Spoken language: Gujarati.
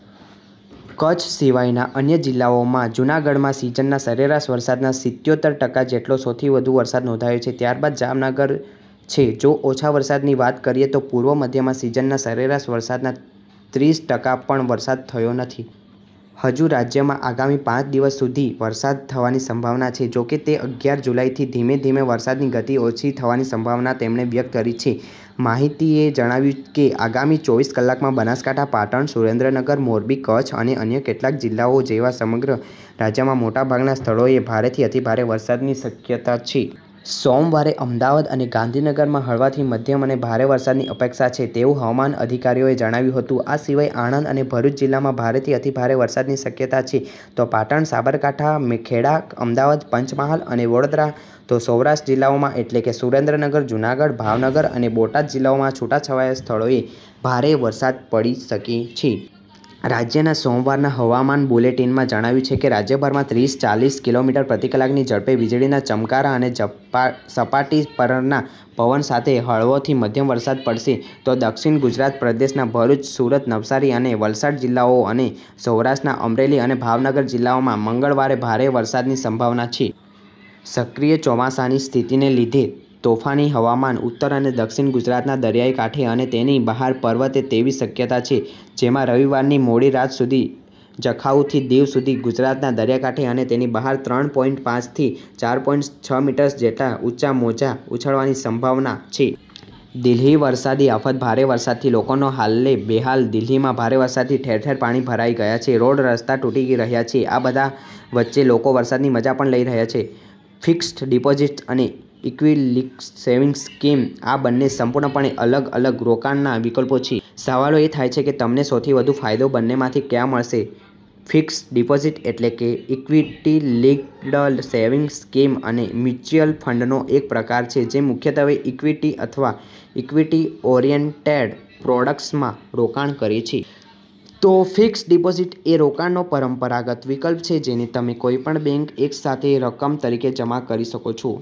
કચ્છ સિવાયના અન્ય જિલ્લાઓમાં, જૂનાગઢમાં સિઝનના સરેરાશ વરસાદના સિત્યોતેર ટકા જેટલો સૌથી વધુ વરસાદ નોંધાયો છે, ત્યારબાદ જામનગર છે. જો ઓછા વરસાદની વાત કરીએ તો, પૂર્વ મધ્યમાં સિઝનના સરેરાશ વરસાદના ત્રીસ ટકા પણ વરસાદ થયો નથી. હજુ રાજ્યમાં આગામી પાંચ દિવસ સુધી વરસાદ થવાની સંભાવના છે. જો કે, તે અગિયાર જુલાઈથી ધીમે ધીમે વરસાદની ગતી ઓછી થવાની સંભાવના તેમણે વ્યક્ત કરી છે. મોહંતીએ જણાવ્યું હતું કે, "આગામી ચોવીસ કલાકમાં, બનાસકાંઠા, પાટણ, સુરેન્દ્રનગર, મોરબી, કચ્છ અને અન્ય કેટલાક જિલ્લાઓ જેવા સમગ્ર રાજ્યમાં મોટાભાગના સ્થળોએ ભારેથી અતિભારે વરસાદની શક્યતા છે. " "સોમવારે અમદાવાદ અને ગાંધીનગરમાં હળવાથી મધ્યમ અને ભારે વરસાદની અપેક્ષા છે." તેવું હવામાન અધિકારીઓએ જણાવ્યું હતું. આ સિવાય "આણંદ અને ભરૂચ જિલ્લામાં ભારેથી અતિભારે વરસાદની શક્યતા છે. તો પાટણ, સાબરકાંઠા, ખેડા, અમદાવાદ, પંચમહાલ અને વડોદરા, તો સૌરાષ્ટ્રના જિલ્લાઓમાં, એટલે કે સુરેન્દ્રનગર, જૂનાગઢ, ભાવનગર અને બોટાદ જિલ્લામાં છૂટાછવાયા સ્થળોએ ભારે વરસાદ પડી શકે છે. રાજ્યના સોમવારના હવામાન બુલેટિનમાં જણાવાયું છે કે, રાજ્યભરમાં ત્રીસ-ચાલીસ કિલોમીટર પ્રતિ કલાકની ઝડપે વીજળીના ચમકારા અને સપાટી પરના પવન સાથે હળવોથી મધ્યમ વરસાદ પડશે. તો દક્ષિણ ગુજરાત પ્રદેશના ભરૂચ, સુરત, નવસારી અને વલસાડ જિલ્લાઓ અને સૌરાષ્ટ્રના અમરેલી અને ભાવનગર જિલ્લામાં મંગળવારે ભારે વરસાદની સંભાવના છે. સક્રિય ચોમાસાની સ્થિતિને લીધે, તોફાની હવામાન ઉત્તર અને દક્ષિણ ગુજરાતના દરિયાકાંઠે અને તેની બહાર પ્રવર્તે તેવી શક્યતા છે, જેમાં રવિવારની મોડી રાત સુધી જખાઉથી દીવ સુધી ગુજરાતના દરિયાકાંઠે અને તેની બહાર ત્રણ પોઈંટ પાંચ થી ચાર પોઈંટ છ મીટર જેટલા ઊંચા મોજાં ઉછળવાની સંભાવના છે. દિલ્હી વરસાદી આફત: ભારે વરસાદથી લોકોના હાલ બેહાલ? દિલ્હીમાં ભારે વરસાદથી ઠેર ઠેર પાણી ભરાઈ ગયા છે, રોડ રસ્તા તૂટી રહ્યા છે. આ બાધા વચ્ચે લોકો વરસાદની મજા પણ લઈ રહ્યા છે. ફિક્સ્ડ ડિપોઝિટ્સ અને ઇક્વિટી લિંક્ડ સેવિંગ્સ સ્કીમ – આ બંને સંપૂર્ણપણે અલગ અલગ રોકાણના વિકલ્પો છે. સવાલ એ થાય છે કે તમને સૌથી વધુ ફાયદો બંનેમાંથી ક્યાં મળશે. ફિક્સ્ડ ડિપોઝિટ એટલે કે ઇક્વિટી લિંક્ડ સેવિંગ્સ સ્કીમ એ મ્યુચ્યુઅલ ફંડનો એક પ્રકાર છે, જે મુખ્યત્વે ઇક્વિટી અથવા ઇક્વિટી ઓરિએન્ટેડ પ્રોડક્ટ્સમાં રોકાણ કરે છે. તો ફિક્સ્ડ ડિપોઝિટ એ રોકાણનો પરંપરાગત વિકલ્પ છે, જેને તમે કોઈપણ બેંકમાં એક સાથે રકમ તરીકે જમા કરી શકો છો.